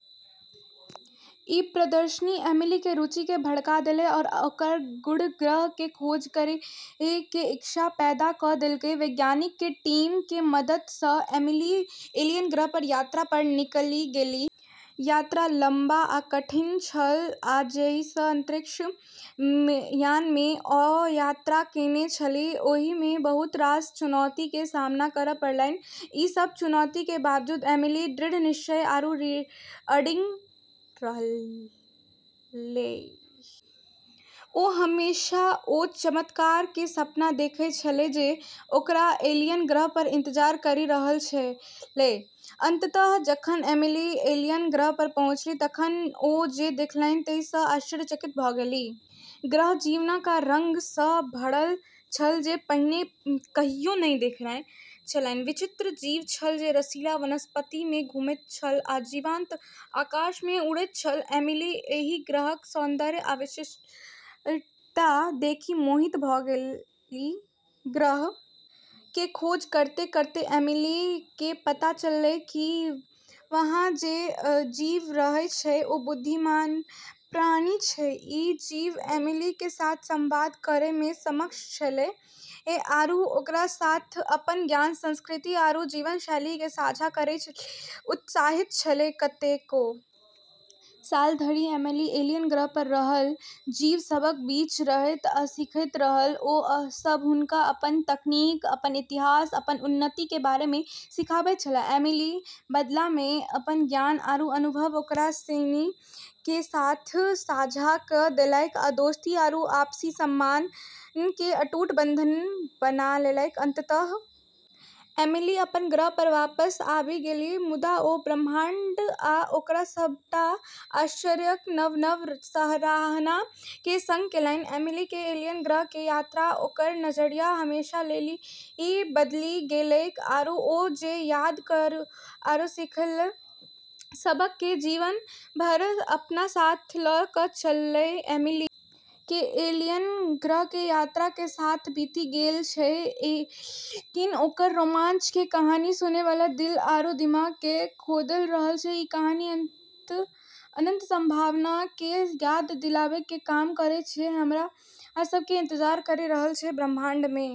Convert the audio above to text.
ई प्रदर्शनी एमिली के रुचि के भड़का देलकै आरू ओकर गूढ़ ग्रह के खोज करै के इच्छा पैदा क देलकै। वैज्ञानिक के टीम के मदद सं एमिली एलियन ग्रह के यात्रा पर निकलि गेलै। यात्रा लम्बा आ कठिन छल, आ जाहि अंतरिक्ष यान मे ओ यात्रा केने छलीह, ओहि मे बहुत रास चुनौती के सामना करय पड़लनि। ई सब चुनौती के बावजूद एमिली दृढ़ निश्चयी आरू अडिग रहलै। ओ हमेशा ओ चमत्कार के सपना देखै छेलै जे ओकरा एलियन ग्रह पर इंतजार करी रहल छेलै। अंततः जखन एमिली एलियन ग्रह पर पहुँचलीह तखन ओ जे देखलनि ताहि सं आश्चर्यचकित भ गेलीह। ग्रह जीवन आ रंग सं भरल छल जे पहिने कहियो नहि देखने छलीह। विचित्र जीव छल जे रसीला वनस्पति मे घुमैत छल आ जीवंत आकाश मे उड़ैत छल। एमिली एहि ग्रहक सौन्दर्य आ विशिष्टता देखि मोहित भ गेल छलीह। ग्रह के खोज करतें-करतें एमिली के पता चललै कि वहाँ जे जीव रहै छै, ओ बुद्धिमान प्राणी छै। ई जीव एमिली के साथ संवाद करै मे सक्षम छेलै, आरू ओकरा साथ अपन ज्ञान, संस्कृति आरू जीवन-शैली के साझा करै लेली उत्साहित छेलै। कतेको साल धरि एमिली एलियन ग्रह पर रहल। जीव सभक बीच रहैत आ सीखैत रहल। ओ सब हुनका अपन तकनीक, अपन इतिहास, आ अपन उन्नति के बारे मे सिखबैत छलाह। एमिली, बदला मे, अपन ज्ञान आरू अनुभव ओकरा सिनी के साथ साझा क देलकै आ दोस्ती आरू आपसी सम्मान के अटूट बंधन बनैलकै। अंततः एमिली अपन ग्रह पर वापस आबि गेलीह, मुदा ओ ब्रह्मांड आ ओकर सभटा आश्चर्यक नव-नव सराहना के संग केलनि। एमिली के एलियन ग्रह के यात्रा ओकर नजरिया हमेशा लेली बदली देलकै, आरू ओ जे याद आरू सीखल सबक के जीवन भर अपना साथ ल क चललै। एमिली के एलियन ग्रह के यात्रा के साल बीति गेल छै, लेकिन ओकर रोमांच के कहानी सुनै वाला के दिल आरू दिमाग मे खोदल रहै छै। ई कहानी अनंत संभावना के याद दिलाबै के काम करै छै जे हमरा सब के इंतजार करी रहल छै ब्रह्माण्ड मे।